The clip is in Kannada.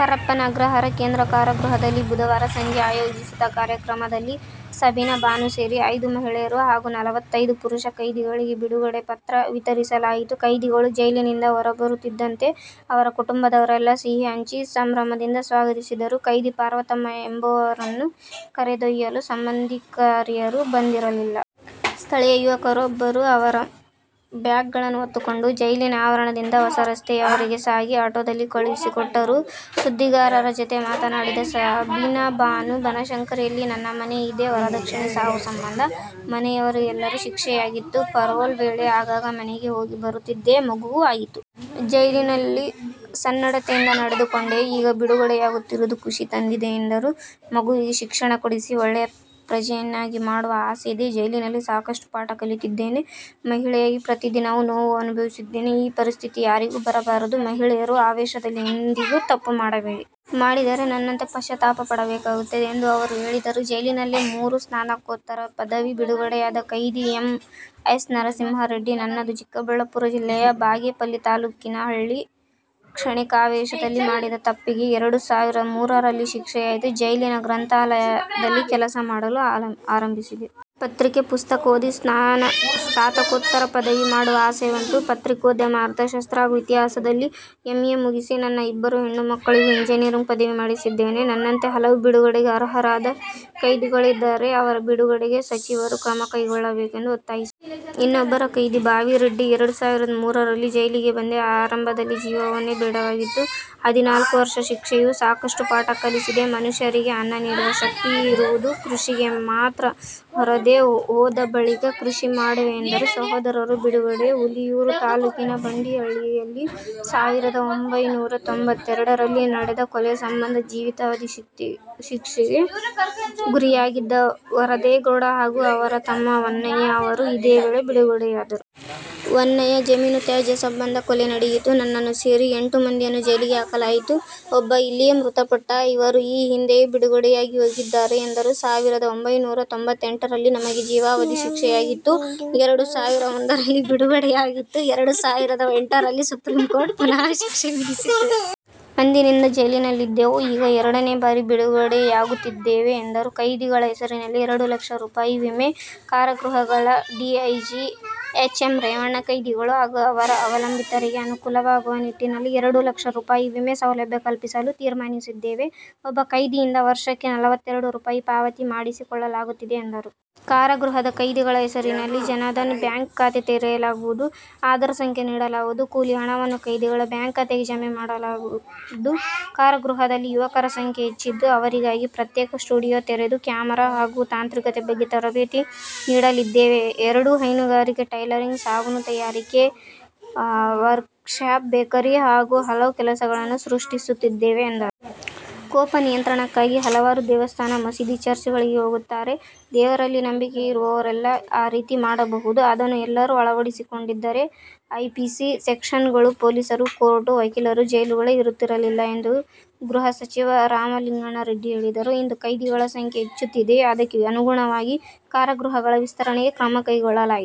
ಪರಪ್ಪನ ಅಗ್ರಹಾರ ಕೇಂದ್ರ ಕಾರಾಗೃಹದಲ್ಲಿ ಬುಧವಾರ ಸಂಜೆ ಆಯೋಜಿಸಿದ್ದ ಕಾರ್ಯಕ್ರಮದಲ್ಲಿ ಸಬೀನಾ ಬಾನು ಸೇರಿ ಐದು ಮಹಿಳೆಯರು ಹಾಗೂ ನಲವತ್ತೈದು ಪುರುಷ ಕೈದಿಗಳಿಗೆ ಬಿಡುಗಡೆ ಪತ್ರ ವಿತರಿಸಲಾಯಿತು. ಕೈದಿಗಳು ಜೈಲಿನಿಂದ ಹೊರಬರುತ್ತಿದ್ದಂತೆ, ಅವರ ಕುಟುಂಬದವರೆಲ್ಲ ಸಿಹಿ ಹಂಚಿ ಸಂಭ್ರಮದಿಂದ ಸ್ವಾಗತಿಸಿದರು. ಕೈದಿ ಪಾರ್ವತಮ್ಮ ಎಂಬುವರನ್ನು ಕರೆದೊಯ್ಯಲು ಸಂಬಂಧಿಕರ್ಯಾರು ಬಂದಿರಲಿಲ್ಲ. ಸ್ಥಳೀಯ ಯುವಕರೊಬ್ಬರು ಅವರ ಬ್ಯಾಗ್ಗಳನ್ನು ಹೊತ್ತುಕೊಂಡು ಜೈಲಿನ ಆವರಣದಿಂದ ಹೊಸ ರಸ್ತೆಯವರೆಗೆ ಸಾಗಿ, ಆಟೋದಲ್ಲಿ ಕಳುಹಿಸಿಕೊಟ್ಟರು. ಸುದ್ದಿಗಾರರ ಜತೆ ಮಾತನಾಡಿದ ಸಬೀನಾ ಬಾನು, 'ಬನಶಂಕರಿಯಲ್ಲಿ ನನ್ನ ಮನೆ ಇದೆ. ವರದಕ್ಷಿಣೆ ಸಾವು ಸಂಬಂಧ ಮನೆಯವರೆಲ್ಲರಿಗೂ ಶಿಕ್ಷೆಯಾಗಿತ್ತು. ಪರೋಲ್ ವೇಳೆ ಆಗಾಗ ಮನೆಗೆ ಹೋಗಿ ಬರುತ್ತಿದ್ದೆ. ಮಗುವೂ ಆಯಿತು. ಜೈಲಿನಲ್ಲಿ ಸನ್ನಡತೆಯಿಂದ ನಡೆದುಕೊಂಡೆ. ಈಗ ಬಿಡುಗಡೆಯಾಗುತ್ತಿರುವುದು ಖುಷಿ ತಂದಿದೆ' ಎಂದರು. 'ಮಗುವಿಗೆ ಶಿಕ್ಷಣ ಕೊಡಿಸಿ ಒಳ್ಳೆಯ ಪ್ರಜೆಯನ್ನಾಗಿ ಮಾಡುವ ಆಸೆ ಇದೆ. ಜೈಲಿನಲ್ಲಿ ಸಾಕಷ್ಟು ಪಾಠ ಕಲಿತಿದ್ದೇನೆ. ಮಹಿಳೆಯಾಗಿ ಪ್ರತಿದಿನವೂ ನೋವು ಅನುಭವಿಸಿದ್ದೇನೆ. ಈ ಪರಿಸ್ಥಿತಿ ಯಾರಿಗೂ ಬರಬಾರದು. ಮಹಿಳೆಯರು ಆವೇಷದಲ್ಲಿ ಎಂದಿಗೂ ತಪ್ಪು ಮಾಡಬೇಡಿ. ಮಾಡಿದರೆ, ನನ್ನಂತೆ ಪಶ್ಚಾತಾಪ ಪಡಬೇಕಾಗುತ್ತದೆ' ಎಂದು ಅವರು ಹೇಳಿದರು. ಜೈಲ್ಲಿನಲ್ಲೇ ಮೂರು ಸ್ನಾತಕೋತ್ತರ ಪದವಿ: ಬಿಡುಗಡೆಯಾದ ಕೈದಿ ಎಂ. ಎಸ್. ನರಸಿಂಹ ರೆಡ್ಡಿ, 'ನನ್ನದು ಚಿಕ್ಕಬಳ್ಳಾಪುರ ಜಿಲ್ಲೆಯ ಬಾಗೇಪಲ್ಲಿ ತಾಲ್ಲೂಕಿನ ಹಳ್ಳಿ. ಕ್ಷಣಿಕ ಆವೇಷದಲ್ಲಿ ಮಾಡಿದ ತಪ್ಪಿಗೆ ಎರಡು ಸಾವಿರದ ಮೂರರಲ್ಲಿ ಶಿಕ್ಷೆಯಾಯಿತು. ಜೈಲಿನ ಗ್ರಂಥಾಲಯದಲ್ಲಿ ಕೆಲಸ ಮಾಡಲು ಆರಂಭಿಸಿದೆ. ಪತ್ರಿಕೆ, ಪುಸ್ತಕ ಓದಿ ಸ್ನಾತಕೋತ್ತರ ಪದವಿ ಮಾಡುವ ಆಸೆ ಬಂತು. ಪತ್ರಿಕೋದ್ಯಮ, ಅರ್ಥಶಾಸ್ತ್ರ ಹಾಗೂ ಇತಿಹಾಸದಲ್ಲಿ ಎಂ. ಎ ಮುಗಿಸಿದೆ. ನನ್ನ ಇಬ್ಬರು ಹೆಣ್ಣು ಮಕ್ಕಳಿಗೂ ಎಂಜಿನಿಯರಿಂಗ್ ಪದವಿ ಮಾಡಿಸಿದ್ದೇನೆ. ನನ್ನಂತೆ ಹಲವರು ಬಿಡುಗಡೆಗೆ ಅರ್ಹರಾದ ಕೈದಿಗಳಿದ್ದಾರೆ. ಅವರ ಬಿಡುಗಡೆಗೆ ಸಚಿವರು ಕ್ರಮ ಕೈಗೊಳ್ಳಬೇಕು' ಎಂದು ಒತ್ತಾಯಿಸಿದರು. ಇನ್ನೊಬ್ಬ ಕೈದಿ ಭಾವಿ ರೆಡ್ಡಿ, ಎರಡು ಸಾವಿರದ ಮೂರರಲ್ಲಿ ಜೈಲಿಗೆ ಬಂದೆ. ಆರಂಭದಲ್ಲಿ ಜೀವನವೇ ಬೇಡವಾಗಿತ್ತು. ಹದಿನಾಲ್ಕು ವರ್ಷ ಶಿಕ್ಷೆಯು ಸಾಕಷ್ಟು ಪಾಠ ಕಲಿಸಿದೆ. ಮನುಷ್ಯರಿಗೆ ಅನ್ನ ನೀಡುವ ಶಕ್ತಿ ಇರುವುದು ಕೃಷಿಗೆ ಮಾತ್ರ. ಹೊರಗೆ ಹೋದ ಬಳಿಕ ಕೃಷಿ ಮಾಡುವೆ' ಎಂದರು. ಸಹೋದರರು ಬಿಡುಗಡೆ: ಹುಲಿಯೂರು ತಾಲ್ಲೂಕಿನ ಬಂಡಿಹಳ್ಳಿಯಲ್ಲಿ ಸಾವಿರದ ಒಂಭೈನೂರ ತೊಂಬತ್ತೆರಡರಲ್ಲಿ ನಡೆದ ಕೊಲೆ ಸಂಬಂಧ ಜೀವಾವಧಿ ಶಿಕ್ಷೆಗೆ ಗುರಿಯಾಗಿದ್ದ ವರದೇಗೌಡ ಹಾಗೂ ಅವರ ತಮ್ಮ ವನ್ನಯ್ಯ ಅವರು ಇದೇ ವೇಳೆ ಬಿಡುಗಡೆಯಾದರು. ವನ್ನಯ್ಯ, 'ಜಮೀನು ವ್ಯಾಜ್ಯ ಸಂಬಂಧ ಕೊಲೆ ನಡೆಯಿತು. ನನ್ನನ್ನು ಸೇರಿ ಎಂಟು ಮಂದಿಯನ್ನು ಜೈಲಿಗೆ ಹಾಕಲಾಯಿತು. ಒಬ್ಬ ಇಲ್ಲಿಯೇ ಮೃತಪಟ್ಟ. ಐವರು ಈ ಹಿಂದೆಯೇ ಬಿಡುಗಡೆಯಾಗಿ ಹೋಗಿದ್ದಾರೆ' ಎಂದರು. ಸಾವಿರದ ಒಂಭೈನೂರ ತೊಂಬತ್ತೆಂಟರಲ್ಲಿ ನಮಗೆ ಜೀವಾವಧಿ ಶಿಕ್ಷೆಯಾಗಿತ್ತು. ಎರಡು ಸಾವಿರದ ಒಂದರಲ್ಲಿ ಬಿಡುಗಡೆಯೂ ಆಗಿತ್ತು. ಎರಡು ಸಾವಿರದ ಎಂಟರಲ್ಲಿ ಸುಪ್ರೀಂಕೋರ್ಟ್ ಪುನಃ ಶಿಕ್ಷೆ ವಿಧಿಸಿತ್ತು. ಅಂದಿನಿಂದ ಜೈಲಿನಲ್ಲಿದ್ದೆವು. ಈಗ ಎರಡನೇ ಬಾರಿ ಬಿಡುಗಡೆಯಾಗುತ್ತಿದ್ದೇವೆ ಎಂದರು. ಕೈದಿಗಳ ಹೆಸರಿನಲ್ಲಿ ಎರಡು ಲಕ್ಷ ರೂಪಾಯಿ ವಿಮೆ: ಕಾರಾಗೃಹಗಳ ಡಿಐಜಿ ಎಚ್. ಎಂ. ರೇವಣ್ಣ, ಕೈದಿಗಳು ಹಾಗೂ ಅವರ ಅವಲಂಬಿತರಿಗೆ ಅನುಕೂಲವಾಗುವ ನಿಟ್ಟಿನಲ್ಲಿ ಎರಡು ಲಕ್ಷ ರೂಪಾಯಿ ವಿಮೆ ಸೌಲಭ್ಯ ಕಲ್ಪಿಸಲು ತೀರ್ಮಾನಿಸಿದ್ದೇವೆ. ಒಬ್ಬ ಕೈದಿಯಿಂದ ವರ್ಷಕ್ಕೆ ನಲವತ್ತೆರಡು ರೂಪಾಯಿ ಪಾವತಿ ಮಾಡಿಸಿಕೊಳ್ಳಲಾಗುತ್ತಿದೆ ಎಂದರು. 'ಕಾರಾಗೃಹದ ಕೈದಿಗಳ ಹೆಸರಿನಲ್ಲಿ ಜನಧನ್ ಬ್ಯಾಂಕ್ ಖಾತೆ ತೆರೆಯಲಾಗುವುದು. ಆಧಾರ್ ಸಂಖ್ಯೆ ನೀಡಲಾಗುವುದು. ಕೂಲಿ ಹಣವನ್ನು ಕೈದಿಗಳ ಬ್ಯಾಂಕ್ ಖಾತೆಗೆ ಜಮೆ ಮಾಡಲಾಗುವುದು. ಕಾರಾಗೃಹದಲ್ಲಿ ಯುವಕರ ಸಂಖ್ಯೆ ಹೆಚ್ಚಿದ್ದು, ಅವರಿಗಾಗಿ ಪ್ರತ್ಯೇಕ ಸ್ಟುಡಿಯೊ ತೆರೆದು ಕ್ಯಾಮೆರಾ ಹಾಗೂ ತಾಂತ್ರಿಕತೆ ಬಗ್ಗೆ ತರಬೇತಿ ನೀಡಲಿದ್ದೇವೆಎರಡು ಹೈನುಗಾರಿಕೆ, ಟೈಲರಿಂಗ್, ಸಾಬೂನು ತಯಾರಿಕೆ, ವರ್ಕ್ಶಾಪ್, ಬೇಕರಿ ಹಾಗೂ ಹಲವು ಕೆಲಸಗಳನ್ನು ಸೃಷ್ಟಿಸುತ್ತಿದ್ದೇವೆ' ಎಂದರು. 'ಕೋಪ ನಿಯಂತ್ರಣಕ್ಕಾಗಿ ಹಲವರು ದೇವಸ್ಥಾನ, ಮಸೀದಿ, ಚರ್ಚ್ಗಳಿಗೆ ಹೋಗುತ್ತಾರೆ. ದೇವರಲ್ಲಿ ನಂಬಿಕೆ ಇರುವವರೆಲ್ಲ ಆ ರೀತಿ ಮಾಡಬಹುದು. ಅದನ್ನು ಎಲ್ಲರೂ ಅಳವಡಿಸಿಕೊಂಡಿದ್ದರೆ, ಐಪಿಸಿ ಸೆಕ್ಷನ್ಗಳು, ಪೊಲೀಸರು, ಕೋರ್ಟ್, ವಕೀಲರು, ಜೈಲುಗಳೇ ಇರುತ್ತಿರಲಿಲ್ಲ' ಎಂದು ಗೃಹ ಸಚಿವ ರಾಮಲಿಂಗಾರೆಡ್ಡಿ ಹೇಳಿದರು. 'ಇಂದು ಕೈದಿಗಳ ಸಂಖ್ಯೆ ಹೆಚ್ಚುತ್ತಿದೆ. ಅದಕ್ಕೆ ಅನುಗುಣವಾಗಿ ಕಾರಾಗೃಹಗಳ ವಿಸ್ತರಣೆಗೆ ಕ್ರಮ ಕೈಗೊಳ್ಳಲಾಗಿದೆ.